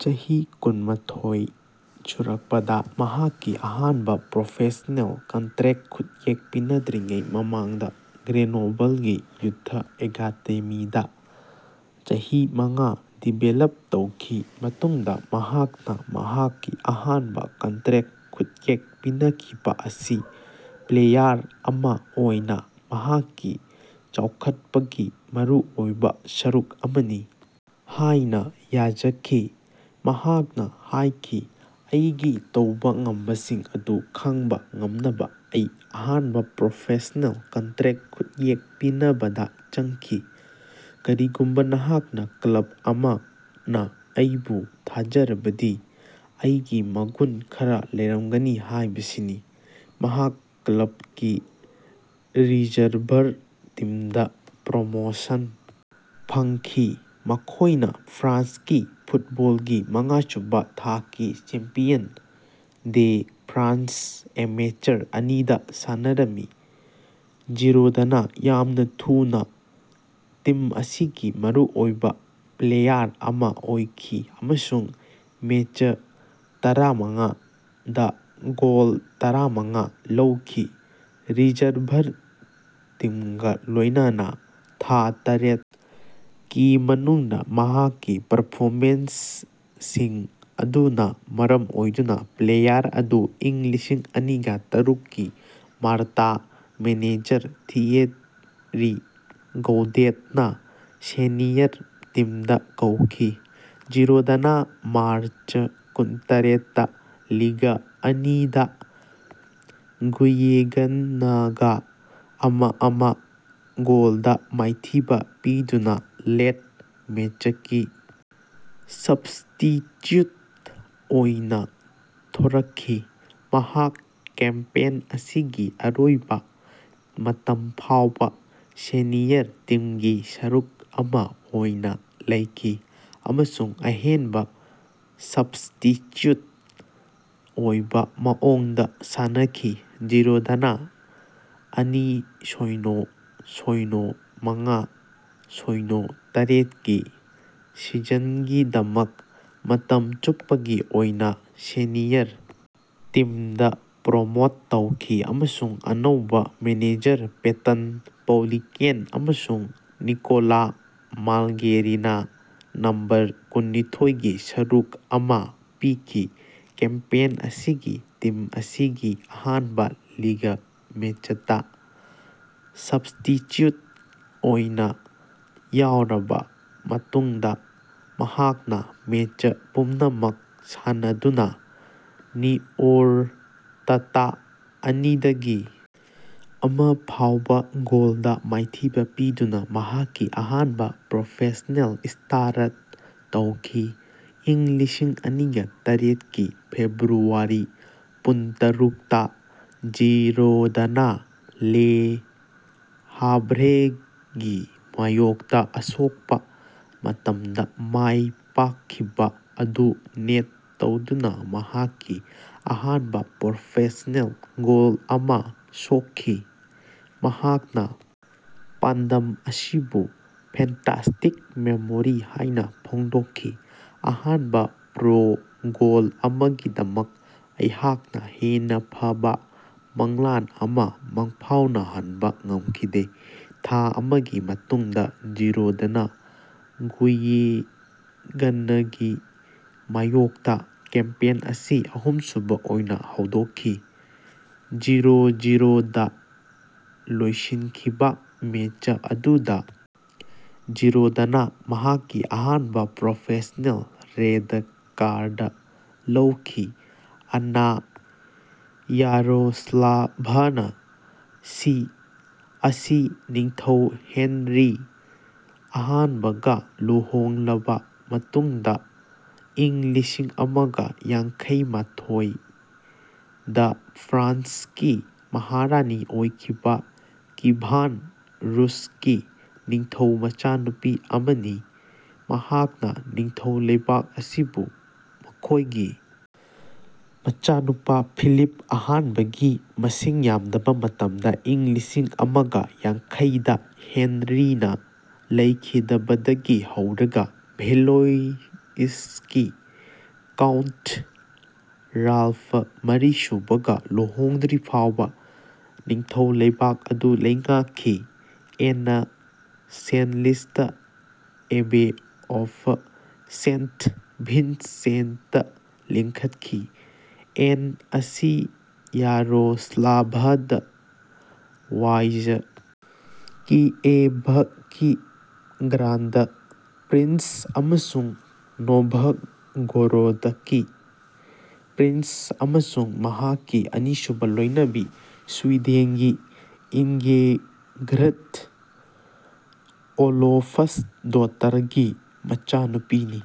ꯆꯍꯤ ꯀꯨꯟꯃꯊꯣꯢ ꯁꯨꯔꯛꯄꯗꯥ ꯃꯍꯥꯛꯀꯤ ꯑꯍꯥꯟꯕꯥ ꯄ꯭ꯔꯣꯐꯦꯁ꯭ꯅꯦꯜ ꯀꯟꯇ꯭ꯔꯦꯛ ꯈꯨꯠꯌꯦꯛ ꯄꯤꯅꯗ꯭ꯔꯤꯉꯩ ꯃꯃꯥꯡꯗꯥ ꯒ꯭ꯔꯦꯅꯣꯕꯜꯒꯤ ꯌꯨꯊ ꯑꯦꯀꯥꯗꯦꯃꯤꯗꯥ ꯆꯍꯤ ꯃꯉꯥ ꯗꯤꯕꯦꯂꯞ ꯇꯧꯈꯤ꯫ ꯃꯇꯨꯡꯗꯥ ꯃꯍꯥꯛꯅꯥ ꯃꯍꯥꯛꯀꯤ ꯑꯍꯥꯟꯕꯥ ꯀꯟꯇ꯭ꯔꯦꯛ ꯈꯨꯠꯌꯦꯛ ꯄꯤꯅꯈꯤꯕꯥ ꯑꯁꯤ ꯄ꯭ꯂꯦꯌꯥꯔ ꯑꯃꯥ ꯑꯣꯏꯅꯥ ꯃꯍꯥꯛꯀꯤ ꯆꯥꯎꯈꯠꯄꯒꯤ ꯃꯔꯨꯑꯣꯏꯕꯥ ꯁꯔꯨꯛ ꯑꯃꯅꯤ ꯍꯥꯏꯅꯥ ꯌꯥꯖꯈꯤ, ꯃꯍꯥꯛꯅꯥ ꯍꯥꯏꯈꯤ ꯑꯩꯒꯤ ꯇꯧꯕꯥ ꯉꯝꯕꯁꯤꯡ ꯑꯗꯨ ꯈꯪꯕꯥ ꯉꯝꯅꯕꯥ ꯑꯩꯒꯤ ꯑꯍꯥꯟꯕꯥ ꯄ꯭ꯔꯣꯐꯦꯁ꯭ꯅꯦꯜ ꯀꯟꯇ꯭ꯔꯦꯛ ꯈꯨꯠꯌꯦꯛ ꯄꯤꯅꯕꯗꯥ ꯆꯪꯈꯤ꯫ ꯀꯔꯤꯒꯨꯝꯕꯥ ꯅꯍꯥꯛꯅꯥ ꯀ꯭ꯂꯕ ꯑꯃꯅꯥ ꯑꯩꯕꯨ ꯊꯥꯖꯔꯕꯗꯤ, ꯑꯩꯒꯤ ꯃꯒꯨꯟ ꯈꯔꯥ ꯂꯩꯔꯝꯒꯅꯤ ꯍꯥꯏꯕꯁꯤꯅꯤ꯫ ꯃꯍꯥꯛ ꯀ꯭ꯂꯕꯀꯤ ꯔꯤꯖꯔꯚꯔ ꯇꯤꯝꯗꯥ ꯄ꯭ꯔꯣꯃꯣꯁꯟ ꯐꯪꯈꯤ, ꯃꯈꯣꯏꯅꯥ ꯐ꯭ꯔꯥꯟꯁꯀꯤ ꯐꯨꯠꯕꯣꯜꯒꯤ ꯃꯉꯥꯁꯨꯕꯥ ꯊꯥꯛꯀꯤ ꯆꯦꯝꯄꯤꯌꯟ ꯗꯦ ꯐ꯭ꯔꯥꯟꯁ ꯑꯦꯃꯦꯆꯔ ꯑꯅꯤꯗꯥ ꯁꯥꯟꯅꯔꯝꯃꯤ꯫ ꯖꯤꯔꯣꯗꯅꯥ ꯌꯥꯝꯅꯥ ꯊꯨꯅꯥ ꯇꯤꯝ ꯑꯁꯤꯒꯤ ꯃꯔꯨꯑꯣꯏꯕꯥ ꯄ꯭ꯂꯦꯌꯥꯔ ꯑꯃꯥ ꯑꯣꯏꯈꯤ ꯑꯃꯁꯨꯡ ꯃꯦꯆ ꯇꯔꯥꯃꯉꯥ ꯗꯥ ꯒꯣꯜ ꯇꯔꯥꯃꯉꯥ ꯂꯧꯈꯤ꯫ ꯔꯤꯖꯔꯚꯔ ꯇꯤꯝꯒꯥ ꯂꯣꯏꯅꯅꯥ ꯊꯥ ꯇꯔ‌ꯦꯠ ꯀꯤ ꯃꯅꯨꯡꯗꯥ ꯃꯍꯥꯛꯀꯤ ꯄꯔꯐꯣꯃꯦꯟꯁꯁꯤꯡ ꯑꯗꯨꯅꯥ ꯃꯔꯝ ꯑꯣꯏꯗꯨꯅꯥ ꯄ꯭ꯂꯦꯌꯥꯔ ꯑꯗꯨ ꯢꯪ ꯂꯤꯁꯤꯡꯑꯅꯤꯒ ꯇꯔꯨꯛ ꯀꯤ ꯃꯥꯔꯇꯥ ꯃꯦꯅꯦꯖꯔ ꯊꯤꯌꯦꯔꯤ ꯒꯧꯗꯦꯠꯅꯥ ꯁꯦꯅꯤꯌꯔ ꯇꯤꯝꯗꯥ ꯀꯧꯈꯤ꯫ ꯖꯤꯔꯣꯗꯅꯥ ꯃꯥꯔꯆ ꯀꯨꯟꯇꯔꯦꯠꯇꯥ ꯂꯤꯒ ꯑꯅꯤ ꯗꯥ ꯒꯨꯌꯦꯒꯟꯅꯒꯥ ꯑꯃ-ꯑꯃ ꯒꯣꯜꯗꯥ ꯃꯥꯏꯊꯤꯕꯥ ꯄꯤꯗꯨꯅꯥ ꯂꯦꯠ ꯃꯦꯆꯀꯤ ꯁꯞꯁ꯭ꯇꯤꯆ꯭ꯌꯨꯠ ꯑꯣꯏꯅꯥ ꯊꯣꯔꯛꯈꯤ꯫ ꯃꯍꯥꯛ ꯀꯦꯝꯄꯦꯟ ꯑꯁꯤꯒꯤ ꯑꯔꯣꯏꯕꯥ ꯃꯇꯝ ꯐꯥꯎꯕꯥ ꯁꯦꯅꯤꯌꯔ ꯇꯤꯝꯒꯤ ꯁꯔꯨꯛ ꯑꯃꯥ ꯑꯣꯏꯅꯥ ꯂꯩꯈꯤ ꯑꯃꯁꯨꯡ ꯑꯍꯦꯟꯕꯥ ꯁꯞꯁ꯭ꯇꯤꯆ꯭ꯌꯨꯠ ꯑꯣꯏꯕꯥ ꯃꯑꯣꯡꯗꯥ ꯁꯥꯟꯅꯈꯤ꯫ ꯖꯤꯔꯣꯗꯅꯥ ꯑꯅꯤ ꯁꯣꯢꯅꯣ ꯁꯣꯢꯅꯣ ꯃꯉꯥ ꯁꯣꯢꯅꯣ ꯇꯔꯦꯠꯀꯤ ꯁꯤꯖꯟꯒꯤꯗꯃꯛ ꯃꯇꯝ ꯆꯨꯞꯄꯒꯤ ꯑꯣꯏꯅꯥ ꯁꯦꯅꯤꯌꯔ ꯇꯤꯝꯗꯥ ꯄ꯭ꯔꯣꯃꯣꯠ ꯇꯧꯈꯤ ꯑꯃꯁꯨꯡ ꯑꯅꯧꯕꯥ ꯃꯦꯅꯦꯖꯔ ꯄꯦꯇꯟ ꯄꯧꯂꯤꯀꯦꯟ ꯑꯃꯁꯨꯡ ꯅꯤꯀꯣꯂꯥ ꯃꯥꯜꯒꯦꯔꯤꯅꯥ ꯅꯝꯕꯔ ꯀꯨꯟꯅꯤꯊꯣꯢꯒꯤ ꯁꯔꯨꯛ ꯑꯃꯥ ꯄꯤꯈꯤ꯫ ꯀꯦꯝꯄꯦꯟ ꯑꯁꯤꯒꯤ ꯇꯤꯝ ꯑꯁꯤꯒꯤ ꯑꯍꯥꯟꯕꯥ ꯂꯤꯒ ꯃꯦꯆꯇꯥ ꯁꯕ꯭ꯁ꯭ꯇꯤꯆ꯭ꯌꯨꯠ ꯑꯣꯏꯅꯥ ꯌꯥꯎꯔꯕꯥ ꯃꯇꯨꯡꯗꯥ ꯃꯍꯥꯛꯅꯥ ꯃꯦꯆ ꯄꯨꯝꯅꯃꯛ ꯁꯥꯟꯅꯗꯨꯅꯥ ꯅꯤꯑꯣꯔꯇꯇꯥ ꯑꯅꯤꯗꯒꯤ ꯑꯃ ꯐꯥꯎꯕ ꯒꯣꯜꯗꯥ ꯃꯥꯏꯊꯤꯕꯥ ꯄꯤꯗꯨꯅꯥ ꯃꯍꯥꯛꯀꯤ ꯑꯍꯥꯟꯕꯥ ꯄ꯭ꯔꯣꯐꯦꯁ꯭ꯅꯦꯜ ꯁ꯭ꯇꯥꯔꯠ ꯇꯧꯈꯤ꯫ ꯢꯪ ꯂꯤꯁꯤꯡꯑꯅꯤꯒ ꯇꯔꯦꯠ ꯀꯤ ꯐꯦꯕ꯭ꯔꯨꯋꯥꯔꯤ ꯄꯨꯟꯇꯔꯨꯛꯇꯥ ꯖꯤꯔꯣꯗꯅꯥ ꯂꯦ ꯍꯥꯚ꯭ꯔꯦꯒꯤ ꯃꯥꯌꯣꯛꯇꯥ ꯑꯁꯣꯛꯄꯥ ꯃꯇꯝꯗꯥ ꯃꯥꯏꯄꯥꯛꯈꯤꯕꯥ ꯑꯗꯨ ꯅꯦꯠ ꯇꯧꯗꯨꯅꯥ ꯃꯍꯥꯛꯀꯤ ꯑꯍꯥꯟꯕꯥ ꯄ꯭ꯔꯣꯐꯦꯁ꯭ꯅꯦꯜ ꯒꯣꯜ ꯑꯃꯥ ꯁꯣꯛꯈꯤ꯫ ꯃꯍꯥꯛꯅꯥ ꯄꯥꯟꯗꯝ ꯑꯁꯤꯕꯨ ꯐꯦꯟꯇꯥꯁꯇꯤꯛ ꯃꯦꯃꯣꯔꯤ ꯍꯥꯏꯅꯥ ꯐꯣꯡꯗꯣꯛꯈꯤ꯫ ꯑꯍꯥꯟꯕꯥ ꯄ꯭ꯔꯣ ꯒꯣꯜ ꯑꯃꯒꯤꯗꯃꯛ ꯑꯩꯍꯥꯛꯅꯥ ꯍꯦꯟꯅꯥ ꯐꯕꯥ ꯃꯪꯂꯥꯟ ꯑꯃꯥ ꯃꯪꯐꯥꯎꯅꯍꯟꯕꯥ ꯉꯝꯈꯤꯗꯦ꯫ ꯊꯥ ꯑꯃꯒꯤ ꯃꯇꯨꯡꯗꯥ ꯖꯤꯔꯣꯗꯅꯥ ꯒꯨꯌꯦꯒꯟꯅꯒꯤ ꯃꯥꯌꯣꯛꯇꯥ ꯀꯦꯝꯄꯦꯟ ꯑꯁꯤ ꯑꯍꯨꯝꯁꯨꯕꯥ ꯑꯣꯏꯅꯥ ꯍꯧꯗꯣꯛꯈꯤ꯫ ꯖꯤꯔꯣ-ꯖꯤꯔꯣ ꯗꯥ ꯂꯣꯏꯁꯤꯟꯈꯤꯕꯥ ꯃꯦꯆ ꯑꯗꯨꯗꯥ ꯖꯤꯔꯣꯗꯅꯥ ꯃꯍꯥꯛꯀꯤ ꯑꯍꯥꯟꯕꯥ ꯄ꯭ꯔꯣꯐꯦꯁ꯭ꯅꯦꯜ ꯔꯦꯗ ꯀꯥꯔꯗ ꯂꯧꯈꯤ꯫ ꯑꯟꯅꯥ ꯌꯥꯔꯣꯁ꯭ꯂꯥꯚꯅꯥ (ꯁꯤ) ꯑꯁꯤ ꯅꯤꯡꯊꯧ ꯍꯦꯟꯔꯤ ꯑꯍꯥꯟꯕꯒ ꯂꯨꯍꯣꯡꯂꯕ ꯃꯇꯨꯡꯗ ꯏꯪ ꯂꯤꯁꯤꯡꯑꯃꯒ ꯌꯥꯡꯈꯩꯃꯊꯣꯢ ꯗ ꯐ꯭ꯔꯥꯟꯁꯀꯤ ꯃꯍꯥꯔꯥꯅꯤ ꯑꯣꯏꯈꯤꯕ ꯀꯤꯚꯥꯟ ꯔꯨꯁꯀꯤ ꯅꯤꯡꯊꯧ ꯃꯆꯥꯅꯨꯄꯤ ꯑꯃꯅꯤ꯫ ꯃꯍꯥꯛꯅ ꯅꯤꯡꯊꯧ ꯂꯩꯕꯥꯛ ꯑꯁꯤꯕꯨ ꯃꯈꯣꯏꯒꯤ ꯃꯆꯥꯅꯨꯄꯥ ꯐꯤꯂꯤꯞ ꯑꯍꯥꯟꯕꯒꯤ ꯃꯁꯤꯡ ꯌꯥꯝꯗꯕ ꯃꯇꯝꯗ ꯏꯪ ꯂꯤꯁꯤꯡꯑꯃꯒ ꯌꯥꯡꯈꯩꯗ ꯍꯦꯟꯔꯤꯅ ꯂꯩꯈꯤꯗꯕꯗꯒꯤ ꯍꯧꯔꯒ ꯚꯦꯂꯣꯏꯁꯀꯤ ꯀꯥꯎꯟꯠ ꯔꯥꯜꯐ ꯃꯔꯤꯁꯨꯕꯒ ꯂꯨꯍꯣꯡꯗ꯭ꯔꯤꯐꯥꯎꯕ ꯅꯤꯡꯊꯧ ꯂꯩꯕꯥꯛ ꯑꯗꯨ ꯂꯩꯉꯥꯛꯈꯤ꯫ ꯑꯦꯟꯅ Senlis abbey of Saint Vincent ꯂꯤꯡꯈꯠꯈꯤ꯫ ꯑꯦꯟ ꯑꯁꯤ ꯌꯥꯔꯣꯁ꯭ꯂꯥꯚ ꯗ ꯋꯥꯏꯖ, ꯀꯤꯑꯦꯚꯀꯤ ꯒ꯭ꯔꯥꯟꯗ ꯄ꯭ꯔꯤꯟꯁ ꯑꯃꯁꯨꯡ ꯅꯣꯚꯒꯣꯔꯣꯗꯀꯤ ꯄ꯭ꯔꯤꯟꯁ, ꯑꯃꯁꯨꯡ ꯃꯍꯥꯛꯀꯤ ꯑꯅꯤꯁꯨꯕ ꯂꯣꯏꯅꯕꯤ ꯁ꯭ꯋꯤꯗꯦꯟꯒꯤ ꯏꯟꯒꯦꯒꯔ꯭ꯗ ꯑꯣꯂꯣꯐꯁꯗꯣꯇꯔꯒꯤ ꯃꯆꯥꯅꯨꯄꯤꯅꯤ꯫